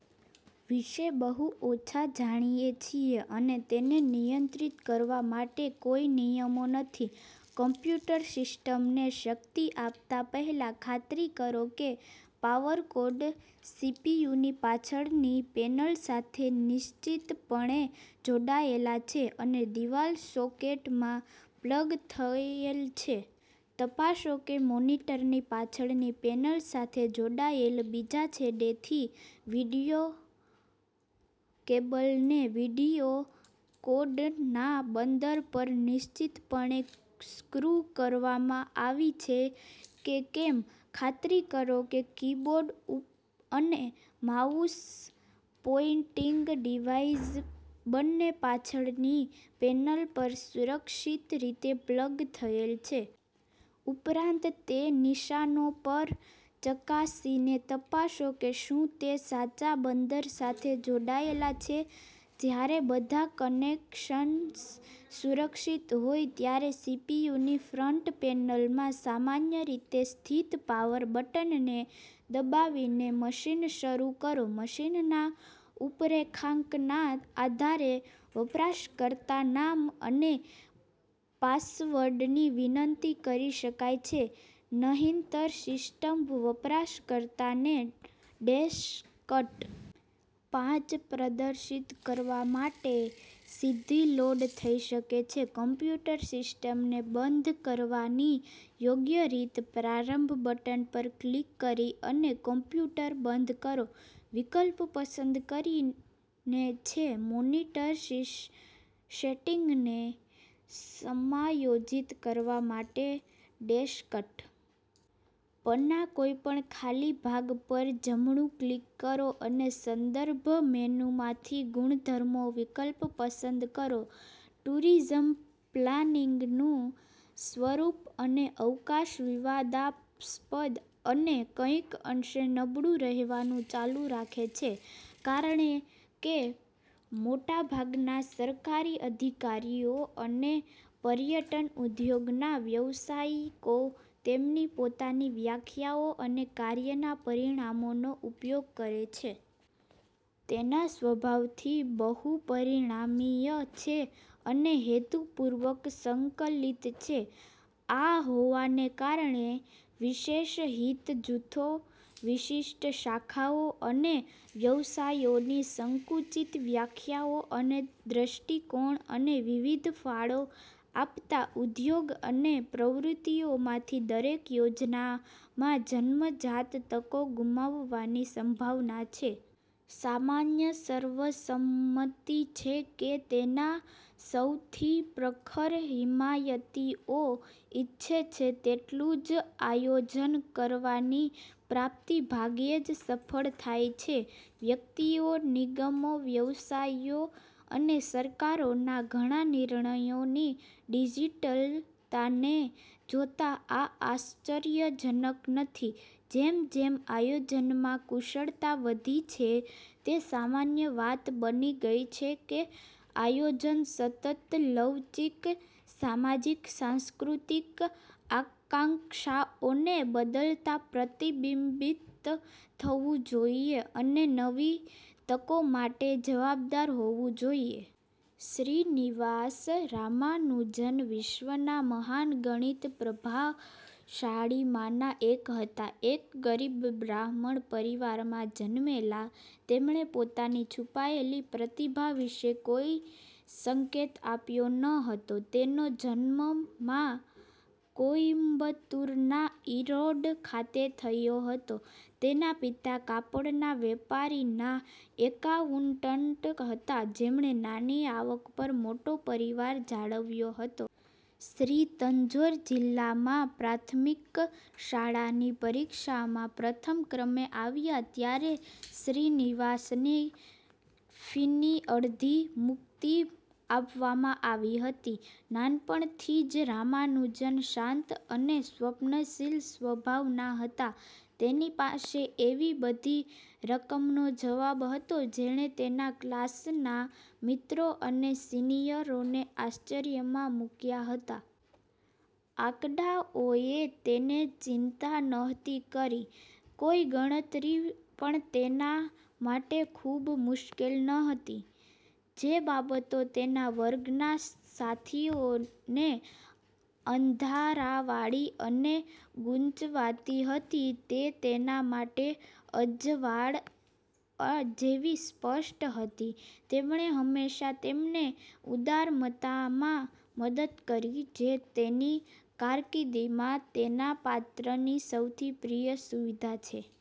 વિષે બહુ ઓછા જાણીએ છીએ, અને તેને નિયંત્રિત કરવા માટે કોઈ નિયમો નથી. કમ્પ્યુટર સિસ્ટમને શક્તિ આપતા પહેલાં, ખાતરી કરો કે પાવર કોર્ડ સીપીયુની પાછળની પેનલ સાથે નિશ્ચિતપણે જોડાયેલ છે અને દિવાલ સોકેટમાં પ્લગ થયેલ છે. તપાસો કે મોનિટરની પાછળની પેનલ સાથે જોડાયેલ બીજા છેડેથી વિડિઓ કેબલને વિડિઓ કોર્ડના બંદર પર નિશ્ચિતપણે સ્ક્રૂ કરવામાં આવી છે કે કેમ. ખાતરી કરો કે કીબોર્ડ અને માઉસ પોઇંટિંગ ડિવાઇસ બંને પાછળની પેનલ પર સુરક્ષિત રીતે પ્લગ થયેલ છે. ઉપરાંત, તે નિશાનો પર ચકાસીને તપાસો કે શું તે સાચા બંદર સાથે જોડાયેલા છે. જ્યારે બધા કનેક્શન્સ સુરક્ષિત હોય, ત્યારે સીપીયુની ફ્રન્ટ પેનલમાં સામાન્ય રીતે સ્થિત પાવર બટનને દબાવીને મશીન શરૂ કરો મશીનના રૂપરેખાંકનના આધારે, વપરાશકર્તાનામ અને પાસવર્ડની વિનંતી કરી શકાય છે; નહિંતર, સિસ્ટમ વપરાશકર્તાને ડેસ્કટ. પ પ્રદર્શિત કરવા માટે સીધી લોડ થઈ શકે છે. કમ્પ્યુટર સિસ્ટમને બંધ કરવાની યોગ્ય રીત 'પ્રારંભ' બટન પર ક્લિક કરીને અને '' કમ્પ્યુટર બંધ કરો 'વિકલ્પ પસંદ કરીને છે. મોનિટર સેટિંગ્સને સમાયોજિત કરવા માટે, ડેસ્કટ. પના કોઈપણ ખાલી ભાગ પર જમણું ક્લિક કરો અને સંદર્ભ મેનૂમાંથી 'ગુણધર્મો' વિકલ્પ પસંદ કરો. ટૂરિઝમ પ્લાનિંગનું સ્વરૂપ અને અવકાશ વિવાદાસ્પદ અને કંઈક અંશે નબળું રહેવાનું ચાલુ રાખે છે, કારણ કે મોટાભાગના સરકારી અધિકારીઓ અને પર્યટન ઉદ્યોગના વ્યવસાયિકો તેમની પોતાની વ્યાખ્યાઓ અને કાર્યના પરિમાણોનો ઉપયોગ કરે છે. તેના સ્વભાવથી બહુપરીમાણીય છે અને હેતુપૂર્વક સંકલિત છે. આ હોવાને કારણે, વિશેષ હિત જૂથો, વિશિષ્ટ શાખાઓ અને વ્યવસાયોની સંકુચિત વ્યાખ્યાઓ અને દ્રષ્ટિકોણ, અને વિવિધ ફાળો આપતા ઉદ્યોગો અને પ્રવૃત્તિઓમાંથી દરેક યોજનામાં જન્મજાત તકો ગુમાવવાની સંભાવના છે. સામાન્ય સર્વસંમતિ છે કે તેના સૌથી પ્રખર હિમાયતીઓ ઇચ્છે છે તેટલું જ આયોજન કરવાની પ્રાપ્તિ ભાગ્યે જ સફળ થાય છે. વ્યક્તિઓ, નિગમો, વ્યવસાયો અને સરકારોના ઘણા નિર્ણયોની જટિલતાને જોતા આ આશ્ચર્યજનક નથી. જેમ જેમ આયોજનમાં કુશળતા વધી છે, તે સામાન્ય વાત બની ગઈ છે કે આયોજન સતત, લવચીક, સામાજિક-સાંસ્કૃતિક આકાંક્ષાઓને બદલતા પ્રતિબિંબિત થવું જોઈએ અને નવી તકો માટે જવાબદાર હોવું જોઈએ. શ્રીનિવાસ રામાનુજન વિશ્વના મહાન ગણિત પ્રતિભાશાળીમાંના એક હતા. એક ગરીબ બ્રાહ્મણ પરિવારમાં જન્મેલા, તેમણે પોતાની છુપાયેલી પ્રતિભા વિશે કોઈ સંકેત આપ્યો ન હતો. તેનો જન્મ માં કોઈમ્બતુરના ઇરોડ ખાતે થયો હતો. તેમના પિતા કાપડના વેપારીના એકાઉન્ટન્ટ હતા જેમણે નાની આવક પર મોટો પરિવાર જાળવ્યો હતો. શ્રી તન્જોર જીલ્લામાં પ્રાથમિક શાળાની પરીક્ષામાં પ્રથમ ક્રમે આવ્યા ત્યારે શ્રીનિવાસને ફીની અડધી મુક્તિ આપવામાં આવી હતી. નાનપણથી જ રામાનુજન શાંત અને સ્વપ્નશીલ સ્વભાવના હતા. તેની પાસે એવી બધી રકમનો જવાબ હતો જેણે તેના ક્લાસના મિત્રો અને સિનિયરોને આશ્ચર્યમાં મુક્યા હતા. આંકડાઓએ તેને ચિંતા નહોતી કરી, કોઈ ગણતરી પણ તેના માટે ખૂબ મુશ્કેલ નહોતી. જે બાબતો તેના વર્ગના સાથીઓને અંધારાવાળી અને ગુંચવાતી હતી તે તેના માટે અજવાળ જેવી સ્પષ્ટ હતી. તેમણે હંમેશાં તેમને ઉદારતામાં મદદ કરી જે તેની કારકીર્દિમાં તેના પાત્રની સૌથી પ્રિય સુવિધા છે.